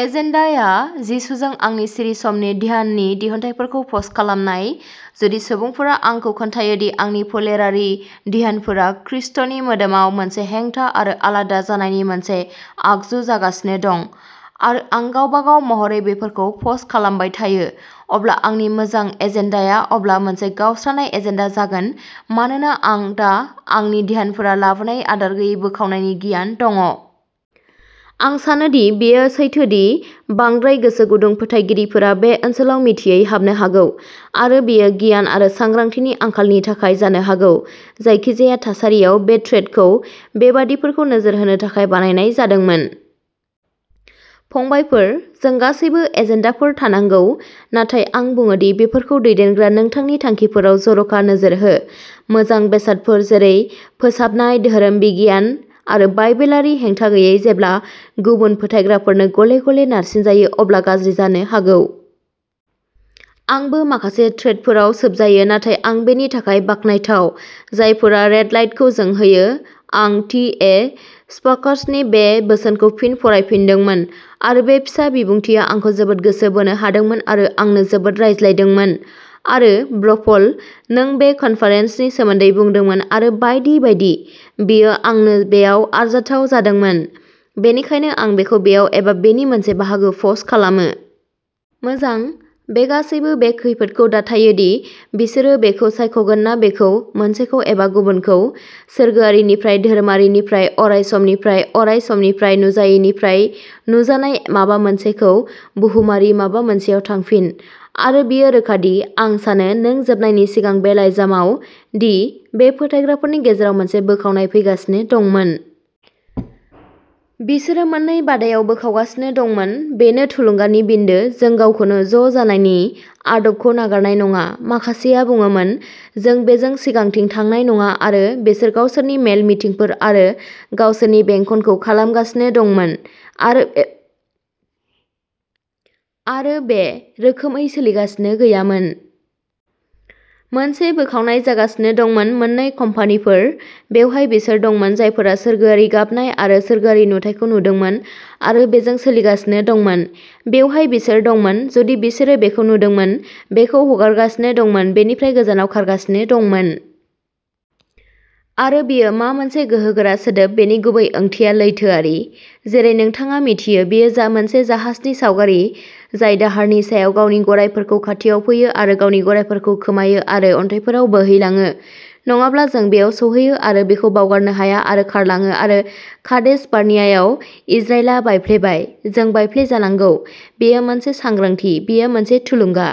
"Agenda" आ जिसुजों आंनि सिरि समनि ध्याननि दिहुनथायफोरखौ पस्ट खालामनाय। जुदि सुबुंफोरा आंखौ खोन्थायो दि आंनि फोलेरारि ध्यानफोरा खृष्टनि मोदोमाव मोनसे हेंथा आरो आलादा जानायनि मोनसे आगजु जागासिनो दं, आरो आं गावबागाव महरै बेफोरखौ पस्ट खालामबाय थायो, अब्ला आंनि "मोजां एजेन्डा" आ अब्ला मोनसे "गावस्रानाय एजेन्डा" जागोन मानोना आं दा आंनि ध्यानफोरा लाबोनाय आदार गैयै बोखावनायनि गियान दंङ। आं सानो दि बेयो सैथो दि बांद्राय गोसोगुदुं फोथायगिरिफोरा बे ओनसोलाव मिथियै हाबनो हागौ, आरो बेयो गियान आरो सांग्रांथिनि आंखालनि थाखाय जानो हागौ। जायखिजाया थासारियाव, बे थ्रेडखौ बेबादिफोरखौ नोजोर होनो थाखाय बानायनाय जादोंमोन। फंबायफोर, जों गासैबो एजेन्डाफोर थानांगौ, नाथाय आं बुङो दि बेफोरखौ दैदेनग्रा नोंथांनि थांखिफोराव जर'खा नोजोर हो। "मोजां" बेसादफोर, जेरै फोसाबनाय धोरोम बिगियान आरो बाइबेलारि हेंथा गैयै, जेब्ला गुबुन फोथायग्राफोरनो गले-गले नारसिनजायो, अब्ला गाज्रि जानो हागौ। आंबो माखासे थ्रेडफोराव "सोबजायो", नाथाय आं बेनि थाखाय बाखनायथाव। जायफोरा रेडलाइटखौ जोंहोयो, आं टि. ए. स्पार्क्सनि बे बोसोनखौ फिन फरायफिनदोंमोन, आरो बे फिसा बिबुंथिआ आंखौ जोबोद गोसो बोनो हादोंमोन आरो आंनो जोबोद रायज्लायदोंमोन, आरो ब्र'पल, नों बे कनफारेंसनि सोमोन्दै बुंदोंमोन आरो बायदि बायदि, बेयो आंनो बेयाव आरजाथाव जादोंमोन, बेनिखायनो आं बेखौ बेयाव एबा बेनि मोनसे बाहागो पस्ट खालामो। "मोजां, बे गासैबो बे खैफोदखौ दाथायो दि बिसोरो बेखौ सायख'गोन ना बेखौ, मोनसेखौ एबा गुबुनखौ। सोरगोआरिनिफ्राय, धोरोमारिनिफ्राय, अरायसमनिफ्राय, अरायसमनिफ्राय, नुजायैनिफ्राय नुजानाय माबा मोनसेखौ बुहुमारि माबा मोनसेयाव थांफिन। आरो बेयो रोखा दि आं सानो, नों जोबनायनि सिगां बे लाइजामाव, दि बे फोथायग्राफोरनि गेजेराव मोनसे बोखावनाय फैगासिनो दंमोन। बिसोरो मोन्नै बादायाव बोखावगासिनो दंमोन। बेनो थुलुंगानि बिन्दो" जों गावखौनो ज'जानायनि आदबखौ नागारनाय नङा। "माखासेआ बुङोमोन", जों बेजों सिगांथिं थांनाय नङा "आरो बिसोर गावसोरनि मेल-मिथिंफोर आरो गावसोरनि बेंखनखौ खालामगासिनो दंमोन आरो ए आरो बे रोखोमै सोलिगासिनो गैयामोन। मोनसे बोखावनाय जागासिनो दंमोन। मोननै कम्पानिफोर। बेवहाय बिसोर दंमोन जायफोरा सोरगोआरि गाबनाय आरो सोरगोआरि नुथायखौ नुदोंमोन आरो बेजों सोलिगासिनो दंमोन, बेवहाय बिसोर दंमोन, जुदि बिसोरो बेखौ नुदोंमोन, बेखौ हगारगासिनो दंमोन, बेनिफ्राय गोजानाव खारगासिनो दंमोन। आरो बेयो मा मोनसे गोहोगोरा सोदोब बेनि गुबै ओंथिया लैथोआरि, जेरै नोंथाङा मिथियो। बेयो मोनसे जाहाजनि सावगारि जाय दाहारनि सायाव गावनि गरायफोरखौ खाथियाव फैयो आरो गावनि गरायफोरखौ खोमायो आरो अन्थाइफोराव बोहैलाङो। नङाब्ला जों बेयाव सौहैयो आरो बेखौ बावगारनो हाया आरो खारलाङो आरो कादेश बार्नियायाव इजराइलआ बायफ्लेबाय, जों बायफ्लेजानांगौ। बेयो मोनसे सांग्रांथि, बेयो मोनसे थुलुंगा।